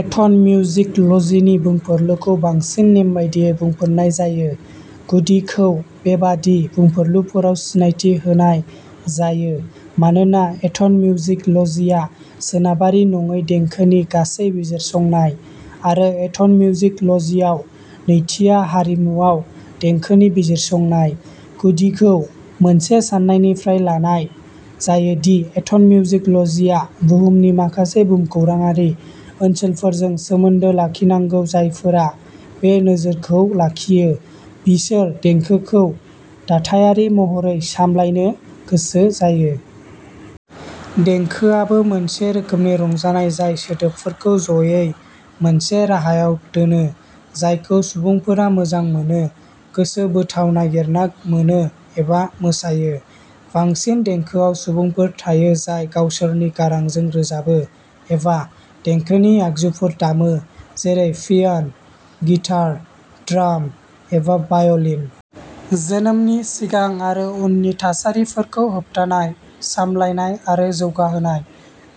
Ethan मिउजिक'लजिनि बुंफुरलुखौ बांसिन नेमबादियै बुंफोरनाय जायो, गुदिखौ बेबादि बुंफुरलुफोराव सिनायथि होनाय जायो मानोना एथन मिउजिक'लजिया सोनाबारि नङै देंखोनि गासै बिजिरसंनाय, आरो एथन मिउजिक'लजियाव नैथिआ हारिमुआव देंखोनि बिजिरसंनाय। गुदिखौ मोनसे सान्नायनिफ्राय लानाय जायो दि एथन मिउजिक'लजिया बुहुमनि माखासे भुमखौराङारि ओनसोलफोरजों सोमोन्दो लाखिनांगौ जायफोरा बे नोजोरखौ लाखियो बिसोर देंखोखौ दाथायारि महरै सामलायनो गोसो जायो। देंखोआबो मोनसे रोखोमनि रंजानाय जाय सोदोबफोरखौ ज'यै मोनसे राहायाव दोनो जायखौ सुबुंफोरा मोजां मोनो, गोसो बोथाव नागिरना मोनो एबा मोसायो। बांसिन देंखोआव सुबुंफोर थायो जाय गावसोरनि गारांजों रोजाबो एबा देंखोनि आगजुफोर दामो, जेरै पियान, गिटार, ड्राम एबा भाय'लिन। जोनोमनि सिगां आरो उननि थासारिफोरखौ होबथानाय, सामलायनाय आरो जौगाहोनाय।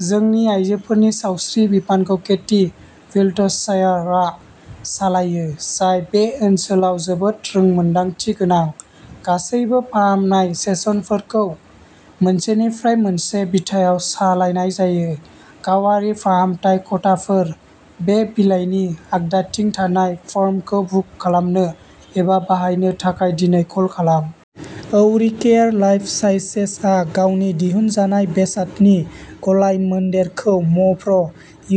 जोंनि आयजोफोरनि सावस्रि बिफानखौ केटी विल्टशायारआ सालायो, जाय बे ओनसोलाव जोबोद रोंमोनदांथि गोनां। गासैबो फाहामनाय सेसनफोरखौ मोनसेनिफ्राय मोनसे बिथायाव सालायनाय जायो। गावारि फाहामथाय खथाफोर बे बिलाइनि आगदाथिं थानाय फर्मखौ बुक खालामनो एबा बाहायनो थाखाय दिनै कल खालाम। औरिकेयर लाइफ साइसेसआ गावनि दिहुनजानाय बेसादनि गलायमोन्देरखौ म प्र,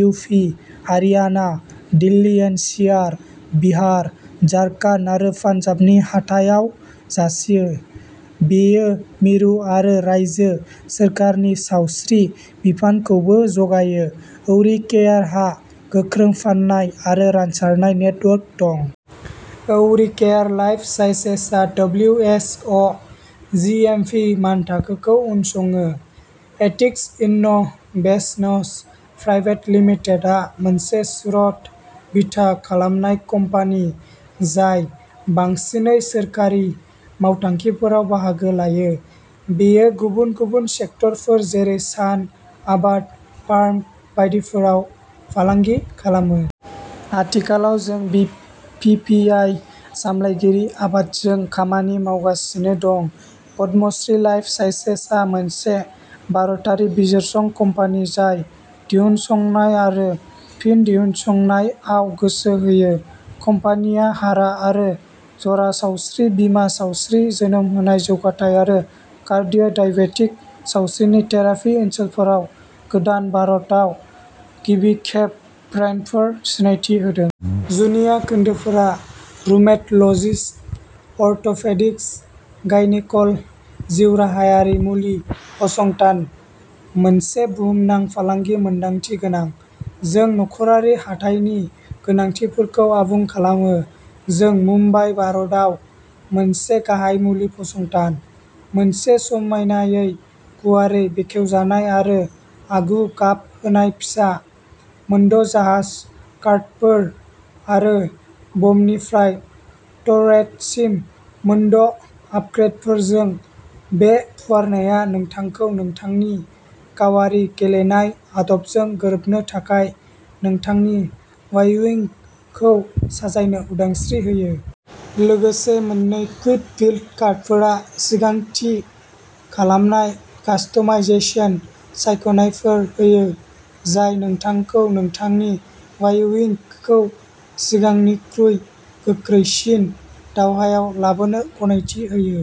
U P, Haryana, Delhi N C R, Bihar, Jharkhand आरो पान्जाबनि हाथायाव जासियो। बेयो मिरु आरो रायजो सोरखारनि सावस्रि बिफानखौबो जगायो। औरिकेयारहा गोख्रों फान्नाय आरो रानसारनाय नेटवर्क दं। औरिकेयर लाइफ साइसेसआ डब्लिउ एइस अ जिएमपि मानथाखोखौ उनसङो। एथिक्स इन्नोभेशनस प्राइभेट लिमिटेडआ मोनसे सुरत बिथा खालामनाय कम्पानि, जाय बांसिनै सोरखारि मावथांखिफोराव बाहागो लायो। बेयो गुबुन गुबुन सेक्टरफोर जेरै सान, आबाद, फार्म बायदिफोराव फालांगि खालामो। आथिखालाव जों बिपिपिआइ सामलायगिरि आबादजों खामानि मावगासिनो दं। पद्मश्री लाइफ साइसेसआ मोनसे भारतारि बिजिरसं कम्पानि जाय दिहुनसंनाय आरो फिन दिहुनसंनाय आव गोसो होयो। कम्पानिया हारा आरो जरा सावस्रि, बिमा सावस्रि, जोनोम होनाय जौगाथाय आरो कार्डिय' डायबेटिक सावस्रिनि थेरापि ओनसोलफोराव गोदान, भारताव गिबि खेब ब्रान्डफोर सिनायथि होदों। जुनिया खोन्दोफोरा रुमेट'लजिस्ट, अर्थ'पेडिक्स, गायनेक'ल जिउराहायारि मुलि फसंथान, मोनसे बुहुमनां फालांगि मोनदांथि गोनां। जों नखरारि हाथाइनि गोनांथिफोरखौ आबुं खालामो। जों मुम्बाइ, भारतआव मोनसे गाहाय मुलि फसंथान। मोनसे समायनायै गुवारै बेखेवजानाय आरो आगु गाब होनाय फिसा, मोनद' जाहाज कार्डफोर, आरो बमनिफ्राय टर्रेटसिम मोनद'आपग्रेदफोरजों, बे फुवारनाया नोंथांखौ नोंथांनि गावारि गेलेनाय आदबजों गोरोबनो थाखाय नोंथांनि वाइ उइंखौ साजायनो उदांस्रि होयो। लोगोसे, मोन्नै कुइक बिल्ड कार्डफोरा सिगां थि खालामनाय कास्टमाइजेशन सायख'नायफोर होयो, जाय नोंथांखौ नोंथांनि वाइ-उइंखौ सिगांनिख्रुइ गोख्रैसिन दावहायाव लाबोनो गनायथि होयो।